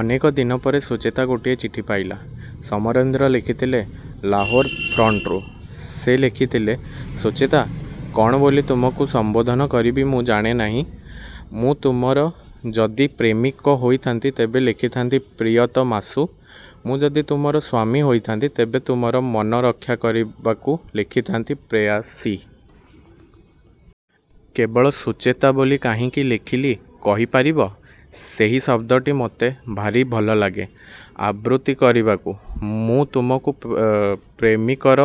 ଅନେକ ଦିନପରେ ସୁଚେତା ଗୋଟିଏ ଚିଠି ପାଇଲା। ସମରେନ୍ଦ୍ର ଲେଖିଥିଲେ ଲାହୋର ଫ୍ରଣ୍ଟରୁ। ସେ ଲେଖିଥିଲେ- ସୁଚେତା! କ'ଣ ବୋଲି ତୁମକୁ ସମ୍ୱୋଧନ କରିବି ମୁଁ ଜାଣେନାହିଁ। ମୁଁ ତୁମର ଯଦି ପ୍ରେମିକ ହୋଇଥାନ୍ତି ତେବେ ଲେଖିଥାନ୍ତି 'ପ୍ରିୟତମାଷୁ'! ମୁଁ ଯଦି ତୁମର ସ୍ୱାମୀ ହୋଇଥାନ୍ତି, ତେବେ ତୁମର ମନ ରକ୍ଷାକରିବାକୁ ଲେଖିଥାନ୍ତି 'ପ୍ରେୟସୀ'। କେବଳ 'ସୁଚେତା' ବୋଲି କାହିଁକି ଲେଖିଲି କହିପାରିବ? ସେହି ଶବ୍ଦଟି ମୋତେ ଭାରି ଭଲଲାଗେ ଆବୃତ୍ତି କରିବାକୁ। ମୁଁ ତୁମକୁ ପ୍ରେମିକର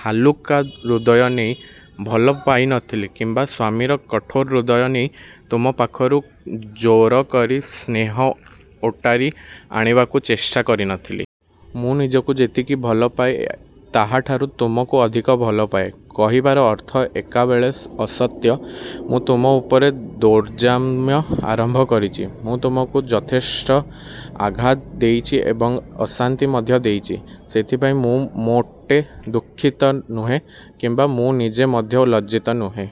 ହାଲୁକା ହୃଦୟ ନେଇ ଭଲ ପାଇନଥିଲି କିମ୍ୱା ସ୍ୱାମୀର କଠୋର ହୃଦୟ ନେଇ ତୁମ ପାଖରୁ ଜୋରକରି ସ୍ନେହ ଓଟାରି ଆଣିବାକୁ ଚେଷ୍ଟା କରିନଥିଲି। ମୁଁ ନିଜକୁ ଯେତିକି ଭଲପାଏ, ତାହାଠାରୁ ତୁମକୁ ଅଧିକ ଭଲପାଏ କହିବାର ଅର୍ଥ ଏକାବେଳେ ଅସତ୍ୟ। ମୁଁ ତୁମ ଉପରେ ଦୌରାତ୍ମ୍ୟ ଆରମ୍ଭ କରିଛି। ମୁଁ ତୁମକୁ ଯଥେଷ୍ଟ ଆଘାତ ଦେଇଛି ଏବଂ ଅଶାନ୍ତି ମଧ୍ୟ ଦେଇଛି। ସେଥିପାଇଁ ମୁଁ ମୋଟେ ଦୁଃଖିତ ନୁହେଁ କିମ୍ୱା ମୁଁ ନିଜେ ମଧ୍ୟ ଲଜ୍ଜିତ ନୁହେଁ।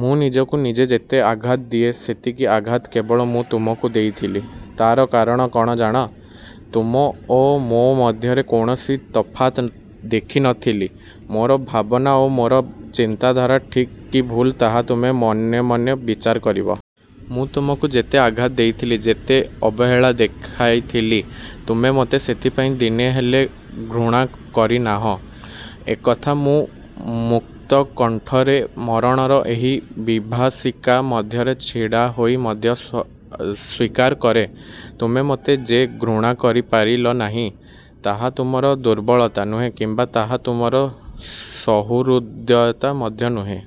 ମୁଁ ନିଜକୁ ନିଜେ ଯେତେ ଆଘାତ ଦିଏ ସେତିକି ଆଘାତ କେବଳ ମୁଁ ତୁମକୁ ଦେଇଥିଲି। ତା'ର କାରଣ କ'ଣ ଜାଣ? ତୁମ ଓ ମୋ ମଧ୍ୟରେ କୌଣସି ତଫାତ୍ ଦେଖି ନ ଥିଲି। ମୋର ଭାବନା ଓ ମୋର ଚିନ୍ତାଧାରା ଠିକ୍ କି ଭୁଲ ତାହା ତୁମେ ମନେମନେ ବିଚାର କରିବ। ମୁଁ ତୁମକୁ ଯେତେ ଆଘାତ ଦେଇଥିଲି, ଯେତେ ଅବହେଳା ଦେଖାଇଥିଲି, ତୁମେ ମୋତେ ସେଥିପାଇଁ ଦିନେହେଲେ ଘୃଣା କରିନାହଁ। ଏକଥା ମୁଁ ମୁକ୍ତକଣ୍ଠରେ ମରଣର ଏହି ବିଭୀଷିକା ମଧ୍ୟରେ ଛିଡ଼ାହୋଇ ମଧ୍ୟ ସ୍ୱୀକାର କରେ। ତୁମେ ମୋତେ ଯେ ଘୃଣା କରିପାରିଲ ନାହିଁ, ତାହା ତୁମର ଦୁର୍ବଳତା ନୁହେଁ କିମ୍ୱା ତାହା ତୁମର ସହୃଦୟତା ମଧ୍ୟ ନୁହେଁ।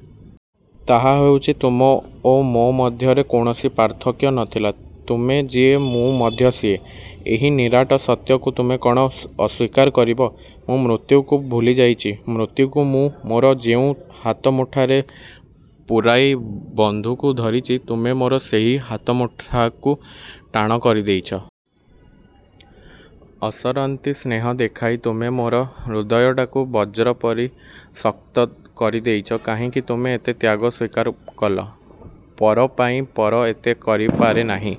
ତାହା ହେଉଛି ତୁମ ଓ ମୋ ମଧ୍ୟରେ କୌଣସି ପାର୍ଥକ୍ୟ ନ ଥିଲା। ତୁମେ ଯିଏ ମୁଁ ମଧ୍ୟ ସିଏ। ଏହି ନିରାଟ ସତ୍ୟକୁ ତୁମେ କ'ଣ ଅସ୍ୱୀକାର କରିବ? ମୁଁ ମୃତ୍ୟୁକୁ ଭୁଲିଯାଇଛି। ମୃତ୍ୟୁକୁ ମୁଁ ମୋର ଯେଉଁ ହାତମୁଠାରେ ପୂରାଇ ବନ୍ଧୁକ ଧରିଛି, ତୁମେ ମୋର ସେହି ହାତମୁଠାକୁ ଟାଣ କରିଦେଇଛ। ଅସରନ୍ତି ସ୍ନେହ ଦେଖାଇ ତୁମେ ମୋର ହୃଦୟଟାକୁ ବଜ୍ର ପରି ଶକ୍ତ କରିଦେଇଛ। କାହିଁକି ତୁମେ ଏତେ ତ୍ୟାଗ ସ୍ୱୀକାର କଲ? ପର ପାଇଁ ପର ଏତେ କରିପାରେ ନାହିଁ।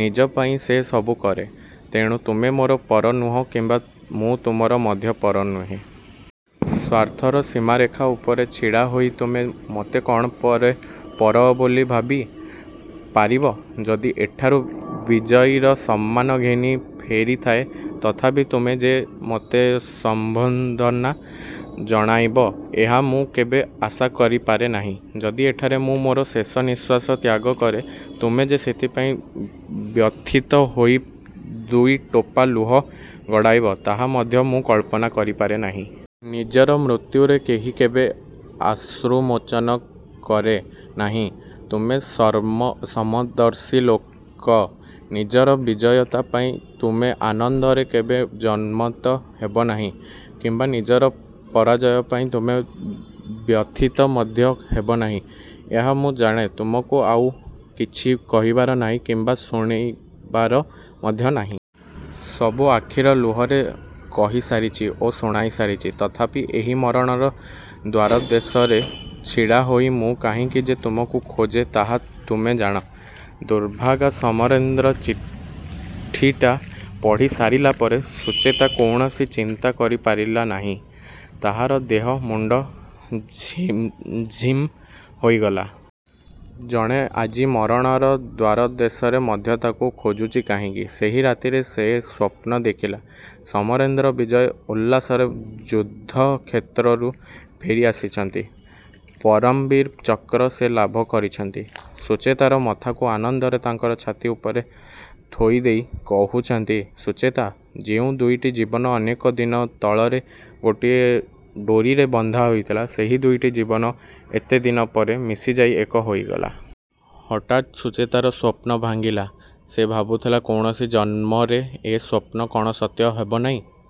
ନିଜ ପାଇଁ ସେ ସବୁ କରେ। ତେଣୁ ତୁମେ ମୋର ପର ନୁହଁ କିମ୍ୱା ମୁଁ ତୁମର ମଧ୍ୟ ପର ନୁହେଁ। ସ୍ୱାର୍ଥର ସୀମାରେଖା ଉପରେ ଛିଡ଼ାହୋଇ ତୁମେ ମୋତେ କ'ଣ ପର ବୋଲି ଭାବି। ପାରିବ? ଯଦି ଏଠାରୁ ବିଜୟୀର ସମ୍ମାନ ଘେନି ଫେରିଯାଏ ତଥାପି ତୁମେ ଯେ ମୋତେ ସମ୍ୱର୍ଦ୍ଧନା ଜଣାଇବ ଏହା ମୁଁ କେବେ ଆଶା କରିପାରେ ନାହିଁ। ଯଦି ଏଠାରେ ମୁଁ ମୋର ଶେଷନିଶ୍ୱାସ ତ୍ୟାଗକରେ ତୁମେ ଯେ ସେଥିପାଇଁ ବ୍ୟଥିତ ହୋଇ ଦୁଇଟୋପା ଲୁହ ଗଡ଼ାଇବ ତାହା ମଧ୍ୟ ମୁଁ କଳ୍ପନା କରିପାରେ ନାହିଁ। ନିଜର ମୃତ୍ୟୁରେ କେହି କେବେ ଅଶ୍ରୁମୋଚନ କରେ ନାହିଁ। ତୁମେ ସମଦର୍ଶୀ ଲୋକ। ନିଜର ବିଜୟତା ପାଇଁ ତୁମେ ଆନନ୍ଦରେ କେବେ ଉନ୍ମତ୍ତ ହେବନାହିଁ କିମ୍ବା ନିଜର ପରାଜୟ ପାଇଁ ତୁମେ ବ୍ୟଥିତ ମଧ୍ୟ ହେବ ନାହିଁ। ଏହା ମୁଁ ଜାଣେ। ତୁମକୁ ଆଉ କିଛି କହିବାର ନାହିଁ କିମ୍ୱା ଶୁଣାଇବାର ମଧ୍ୟ ନାହିଁ। ସବୁ ଆଖିର ଲୁହରେ କହିସାରିଛି ଓ ଶୁଣାଇ ସାରିଛି। ତଥାପି ଏହି ମରଣର ଦ୍ୱାରଦେଶରେ ଛିଡ଼ାହୋଇ ମୁଁ କାହିଁକି ଯେ ତୁମକୁ ଖୋଜେ ତାହା ତୁମେ ଜାଣ। ଦୁର୍ଭାଗା ସମରେନ୍ଦ୍ର। ଚିଠିଟା ପଢ଼ି ସାରିଲା ପରେ ସୁଚେତା କୌଣସି ଚିନ୍ତା କରିପାରିଲା ନାହିଁ। ତାହାର ଦେହ ମୁଣ୍ଡ ଝିମ୍ଝିମ୍ ହୋଇଗଲା। ଜଣେ ଆଜି ମରଣର ଦ୍ୱାରଦେଶରେ ମଧ୍ୟ ତାକୁ ଖୋଜୁଛି କାହିଁକି? ସେହି ରାତିରେ ସେ ସ୍ୱପ୍ନ ଦେଖିଲା, ''ସମରେନ୍ଦ୍ର ବିଜୟ ଉଲ୍ଲାସରେ ଯୁଦ୍ଧକ୍ଷେତ୍ରରୁ ଫେରିଆସିଛନ୍ତି। 'ପରମବୀର ଚକ୍ର' ସେ ଲାଭ କରିଛନ୍ତି। ସୁଚେତାର ମଥାକୁ ଆନନ୍ଦରେ ତାଙ୍କର ଛାତି ଉପରେ ଥୋଇଦେଇ କହୁଛନ୍ତି 'ସୁଚେତା'! ଯେଉଁ ଦୁଇଟି ଜୀବନ ଅନେକ ଦିନ ତଳରେ ଗୋଟିଏ ଡୋରିରେ ବନ୍ଧା ହୋଇଥିଲା, ସେହି ଦୁଇଟି ଜୀବନ ଏତେଦିନ ପରେ ମିଶିଯାଇ ଏକ ହୋଇଗଲା। '' ହଠାତ୍ ସୁଚେତାର ସ୍ୱପ୍ନ ଭାଙ୍ଗିଗଲା। ସେ ଭାବୁଥିଲା କୌଣସି ଜନ୍ମରେ ଏ ସ୍ୱପ୍ନ କ'ଣ ସତ୍ୟ ହେବ ନାହିଁ?